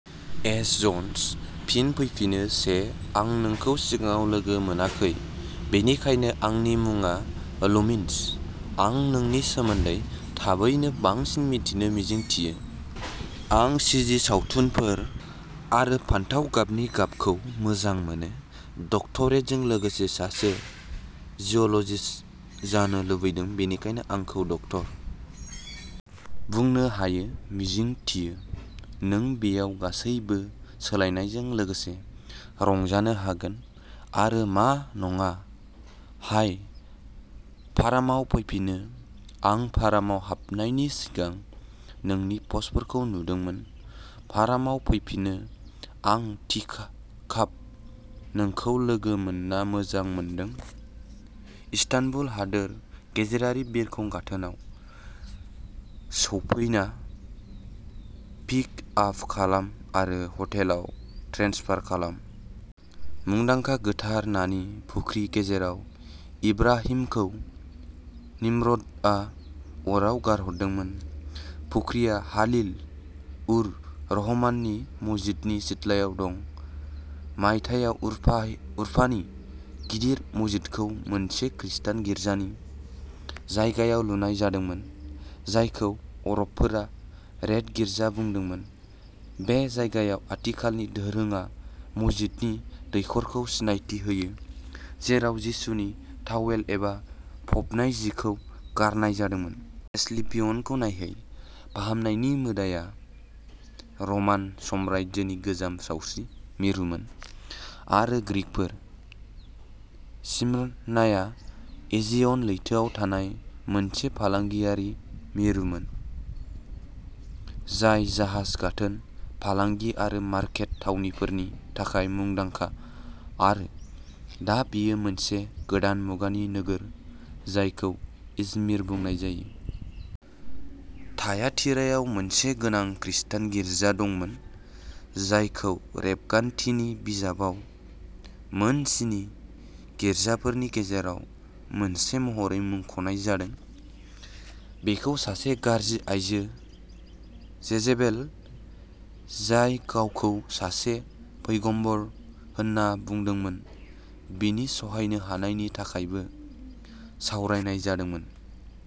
F. Jones. फिन फैफिनो, चे! आं नोंखौ सिगाङाव लोगो मोनाखै, बेनिखायनो आंनि मुङा लुमिनस! आं नोंनि सोमोन्दै थाबैनो बांसिन मिन्थिनो मिजिंथियो। आं चिजि सावथुनफोर आरो फान्थाव गाबनि गाबखौ मोजां मोनो आरो डक्टरेटजों लोगोसे सासे जिअ'लजिस्ट जानो लुबैदों, बेनिखायनो आंखौ ड. बुंनो हायो। मिजिंथियो नों बेयाव गासैबो सोलायनायजों लोगोसे रंजानो हागोन आरो मा नङा। हाय! फरामाव फैफिनो! आं फरामाव हाबनायनि सिगां नोंनि पस्टफोरखौ नुदोंमोन। फरामाव फैफिनो। आं टीकाप। नोंखौ लोगो मोनना मोजां मोनदों! इस्तानबुल हादोर गेजेरारि बिरखं गाथोनाव सौफैना, पिक आप खालाम आरो हटेलाव ट्रेन्सफार खालाम। मुंदांखा गोथार नानि फुख्रि जेराव इब्राहिमखौ निम्र'दआ अराव गारहरदोंमोन। फुख्रिया हालिल-उर-रहमाननि मस्जिदनि सिथलायाव दं। मायथाइयाव उरफानि गिदिर मस्जिदखौ मोनसे खृस्टान गिर्जानि जायगायाव लुनाय जादोंमोन, जायखौ आरबफोरा "रेड गिर्जा" बुंदोंमोन। बे जायगायाव आथिखालनि दोरोङा मस्जिदनि दैखरखौ सिनायथि होयो जेराव जिसुनि तावेल एबा फबनाय जि खौ गारनाय जादोंमोन। एसक्लेपियनखौ नायहै, फाहामनायनि मोदाया, रमान साम्रायजोनि गोजाम सावस्रि मिरुमोन आरो ग्रीकफोर। स्मिरनाया एजियन लैथोआव थानाय मोनसे फालांगियारि मिरुमोन, जाय जाहाज गाथोन, फालांगि आरो मारकेट थावनिफोरनि थाखाय मुंदांखा, आरो दा बेयो मोनसे गोदान मुगानि नोगोर, जायखौ इजमिर बुंनाय जायो। थायातिरायाव मोनसे गोनां खृस्टान गिर्जा दंमोन, जायखौ रेबगान्थिनि बिजाबाव मोनस्नि गिर्जाफोरनि गेजेराव मोनसे महरै मुंख'नाय जादों। बेखौ सासे गाज्रि आइजो, जेजेबेल, जाय गावखौ सासे पैगम्बर होनना बुंदोंमोन, बिनि सहायनो हानायनि थाखायबो सावरायनाय जादोंमोन।